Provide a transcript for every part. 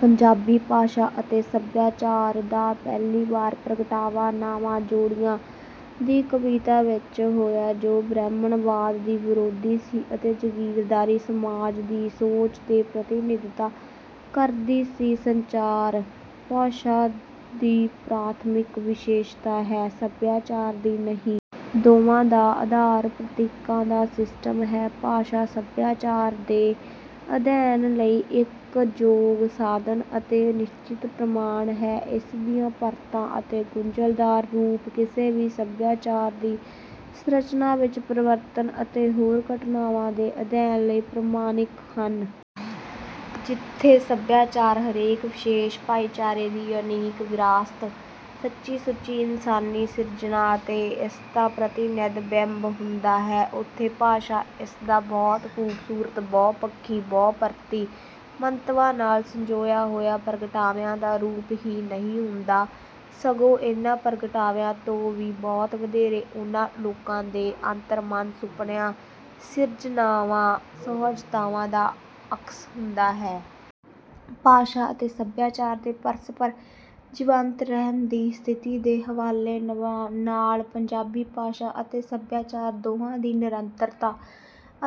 ਪੰਜਾਬੀ ਭਾਸ਼ਾ ਅਤੇ ਸਭਿਆਚਾਰ ਦਾ ਪਹਿਲੀ ਵਾਰ ਪ੍ਰਗਟਾਵਾ ਨਾਵਾਂ-ਜੋੜੀਆਂ ਦੀ ਕਵਿਤਾ ਵਿੱਚ ਹੋਇਆ, ਜੋ ਬ੍ਰਾਹਮਣਵਾਦ ਦੀ ਵਿਰੋਧੀ ਸੀ ਅਤੇ ਜਾਗੀਰਦਾਰੀ ਸਮਾਜ ਦੀ ਸੋਚ ਦੀ ਪ੍ਰਤੀਨਿਧਤਾ ਕਰਦੀ ਸੀ। ਸੰਚਾਰ ਭਾਸ਼ਾ ਦੀ ਪ੍ਰਾਥਮਿਕ ਵਿਸ਼ੇਸ਼ਤਾ ਹੈ, ਸਭਿਆਚਾਰ ਦੀ ਨਹੀਂ। ਦੋਵਾਂ ਦਾ ਆਧਾਰ ਪ੍ਰਤੀਕਾਂ ਦਾ ਸਿਸਟਮ ਹੈ। ਭਾਸ਼ਾ ਸਭਿਆਚਾਰ ਦੇ ਅਧਿਐਨ ਲਈ ਇੱਕ ਯੋਗ ਸਾਧਨ ਅਤੇ ਨਿਸ਼ਚਿਤ ਪ੍ਰਮਾਣ ਹੈ। ਇਸ ਦੀਆਂ ਪਰਤਾਂ ਅਤੇ ਗੁੰਝਲਦਾਰ ਰੂਪ ਕਿਸੇ ਵੀ ਸਭਿਆਚਾਰ ਦੀ ਸੰਰਚਨਾ ਵਿੱਚ ਪਰਿਵਰਤਨ ਅਤੇ ਹੋਰ ਘਟਨਾਵਾਂ ਦੇ ਅਧਿਐਨ ਲਈ ਪ੍ਰਮਾਣਿਕ ਹਨ। ਜਿੱਥੇ ਸਭਿਆਚਾਰ ਹਰੇਕ ਵਿਸ਼ੇਸ਼ ਭਾਈਚਾਰੇ ਦੀ ਯੂਨੀਕ ਵਿਰਾਸਤ, ਸੱਚੀ-ਸੁੱਚੀ ਇਨਸਾਨੀ ਸਿਰਜਣਾ ਅਤੇ ਇਸਦਾ ਪ੍ਰਤੀਨਿਧ ਬਿੰਬ ਹੁੰਦਾ ਹੈ, ਉੱਥੇ ਭਾਸ਼ਾ ਇਸਦਾ ਬਹੁਤ ਖੂਬਸੂਰਤ, ਬਹੁ-ਪੱਖੀ, ਬਹੁ-ਪਰਤੀ ਮੰਤਵਾਂ ਨਾਲ ਸੰਜੋਇਆ ਹੋਇਆ ਪ੍ਰਗਟਾਵਿਆਂ ਦਾ ਰੂਪ ਹੀ ਨਹੀਂ ਹੁੰਦਾ, ਸਗੋਂ ਇਹਨਾਂ ਪ੍ਰਗਟਾਵਿਆਂ ਤੋਂ ਵੀ ਬਹੁਤ ਵਧੇਰੇ ਉਹਨਾਂ ਲੋਕਾਂ ਦੇ ਅੰਤਰ-ਮਨ, ਸੁਪਨਿਆਂ, ਸਿਰਜਣਾਵਾਂ, ਸੁਹਜਤਾਵਾਂ ਦਾ ਅਕਸ ਹੁੰਦਾ ਹੈ। ਭਾਸ਼ਾ ਅਤੇ ਸਭਿਆਚਾਰ ਦੇ ਪਰਸਪਰ ਜੀਵੰਤ ਰਹਿਣ ਦੀ ਸਥਿਤੀ ਦੇ ਹਵਾਲੇ ਨਾਲ ਪੰਜਾਬੀ ਭਾਸ਼ਾ ਅਤੇ ਸਭਿਆਚਾਰ ਦੋਹਾਂ ਦੀ ਨਿਰੰਤਰਤਾ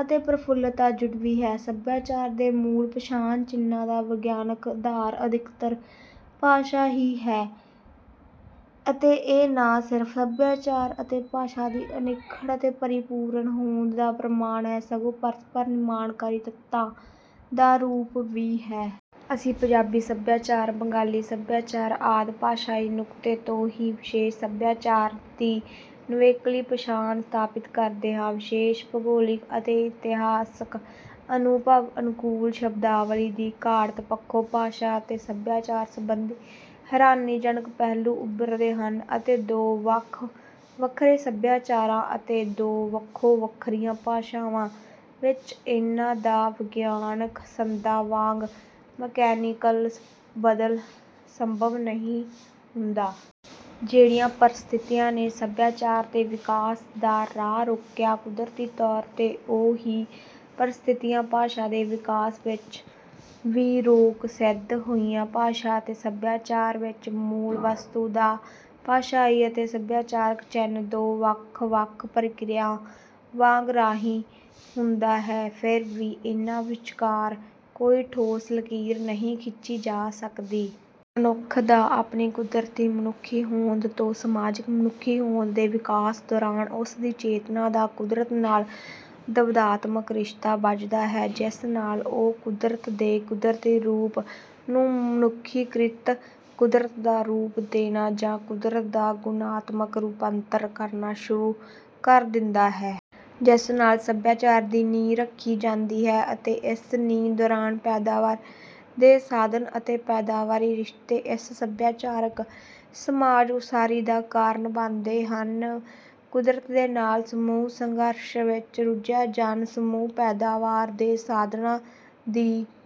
ਅਤੇ ਪ੍ਰਫੁੱਲਤਾ ਜੁੜਵੀਂ ਹੈ। ਸਭਿਆਚਾਰ ਦੇ ਮੂਲ ਪਛਾਣ-ਚਿੰਨ੍ਹਾਂ ਦਾ ਵਿਗਿਆਨਕ ਆਧਾਰ ਅਧਿਕਤਰ ਭਾਸ਼ਾ ਹੀ ਹੈ ਅਤੇ ਇਹ ਨਾ ਸਿਰਫ ਸਭਿਆਚਾਰ ਅਤੇ ਭਾਸ਼ਾ ਦੀ ਅਨਿੱਖੜ ਅਤੇ ਪਰਿਪੂਰਕ ਹੋਂਦ ਦਾ ਪ੍ਰਣਾਮ ਹੈ, ਸਗੋਂ ਪਰਸਪਰ ਨਿਰਮਾਣਕਾਰੀ ਤੱਤਾਂ ਦਾ ਰੂਪ ਵੀ ਹੈ। ਅਸੀਂ ਪੰਜਾਬੀ ਸਭਿਆਚਾਰ, ਬੰਗਾਲੀ ਸਭਿਆਚਾਰ ਆਦਿ ਭਾਸ਼ਾਈ ਨੁਕਤੇ ਤੋਂ ਹੀ ਵਿਸ਼ੇਸ਼ ਸਭਿਆਚਾਰ ਦੀ ਨਿਵੇਕਲੀ ਪਛਾਣ ਸਥਾਪਿਤ ਕਰਦੇ ਹਾਂ। ਵਿਸ਼ੇਸ਼ ਭੂਗੋਲਿਕ ਅਤੇ ਇਤਿਹਾਸਿਕ ਅਨੁਭਵ ਅਨੁਕੂਲ ਸ਼ਬਦਾਵਲੀ ਦੀ ਘਾੜਤ ਪੱਖੋਂ ਭਾਸ਼ਾ ਅਤੇ ਸਭਿਆਚਾਰ ਸੰਬੰਧੀ ਹੈਰਾਨੀਜਨਕ ਪਹਿਲੂ ਉਭਰਦੇ ਹਨ ਅਤੇ ਦੋ ਵੱਖ-ਵੱਖਰੇ ਸਭਿਆਚਾਰਾਂ ਅਤੇ ਦੋ ਵੱਖੋ-ਵੱਖਰੀਆਂ ਭਾਸ਼ਾਵਾਂ ਵਿੱਚ ਇਹਨਾਂ ਦਾ ਵਿਗਿਆਨਕ ਸੰਦਾਂ ਵਾਂਗ ਮਕੈਨੀਕਲ ਬਦਲ ਸੰਭਵ ਨਹੀਂ ਹੁੰਦਾ। ਜਿਹੜੀਆਂ ਪਰਿਸਥਿਤੀਆਂ ਨੇ ਸੱਭਿਆਚਾਰ ਦੇ ਵਿਕਾਸ ਦਾ ਰਾਹ ਰੋਕਿਆ, ਕੁਦਰਤੀ ਤੌਰ 'ਤੇ ਉਹ ਹੀ ਪਰਿਸਥਿਤੀਆਂ ਭਾਸ਼ਾ ਦੇ ਵਿਕਾਸ ਵਿੱਚ ਵੀ ਰੋਕ ਸਿੱਧ ਹੋਈਆਂ। ਭਾਸ਼ਾ ਅਤੇ ਸਭਿਆਚਾਰ ਵਿੱਚ ਮੂਲ ਵਸਤੂ ਦਾ ਭਾਸ਼ਾਈ ਅਤੇ ਸਭਿਆਚਾਰਕ ਚਿੰਨ੍ਹ ਦੋ ਵੱਖ-ਵੱਖ ਪ੍ਰਕਿਰਿਆ ਵਾਂਗ ਰਾਹੀ ਹੁੰਦਾ ਹੈ, ਫਿਰ ਵੀ ਇਹਨਾਂ ਵਿਚਕਾਰ ਕੋਈ ਠੋਸ ਲਕੀਰ ਨਹੀਂ ਖਿੱਚੀ ਜਾ ਸਕਦੀ। ਮਨੁੱਖ ਦਾ ਆਪਣੀ 'ਕੁਦਰਤੀ ਮਨੁੱਖੀ ਹੋਂਦ' ਤੋਂ 'ਸਮਾਜਿਕ ਮਨੁੱਖੀ ਹੋਂਦ' ਦੇ ਵਿਕਾਸ ਦੌਰਾਨ ਉਸ ਦੀ ਚੇਤਨਾ ਦਾ ਕੁਦਰਤ ਨਾਲ ਦਵੰਦਾਤਮਕ ਰਿਸ਼ਤਾ ਬੱਝਦਾ ਹੈ। ਜਿਸ ਨਾਲ ਉਹ ਕੁਦਰਤ ਦੇ ਕੁਦਰਤੀ ਰੂਪ ਨੂੰ ਮਨੁੱਖੀਕ੍ਰਿਤ ਕੁਦਰਤ ਦਾ ਰੂਪ ਦੇਣਾ ਜਾਂ ਕੁਦਰਤ ਦਾ ਗੁਣਾਤਮਕ ਰੂਪਾਂਤਰਣ ਕਰਨਾ ਸ਼ੁਰੂ ਕਰ ਦਿੰਦਾ ਹੈ। ਜਿਸ ਨਾਲ ਸਭਿਆਚਾਰ ਦੀ ਨੀਂਹ ਰੱਖੀ ਜਾਂਦੀ ਹੈ ਅਤੇ ਇਸ ਨੀਂਹ ਦੌਰਾਨ ਪੈਦਾਵਾਰ ਦੇ ਸਾਧਨ ਅਤੇ ਪੈਦਾਵਾਰੀ ਰਿਸ਼ਤੇ ਇਸ ਸਭਿਆਚਾਰਕ-ਸਮਾਜਕ ਉਸਾਰੀ ਦਾ ਕਾਰਨ ਬਣਦੇ ਹਨ। ਕੁਦਰਤ ਦੇ ਨਾਲ ਸਮੂਹਕ ਸੰਘਰਸ਼ ਵਿੱਚ ਰੁੱਝਿਆ ਜਨ-ਸਮੂਹ ਪੈਦਾਵਾਰ ਦੇ ਸਾਧਨਾਂ ਦੀ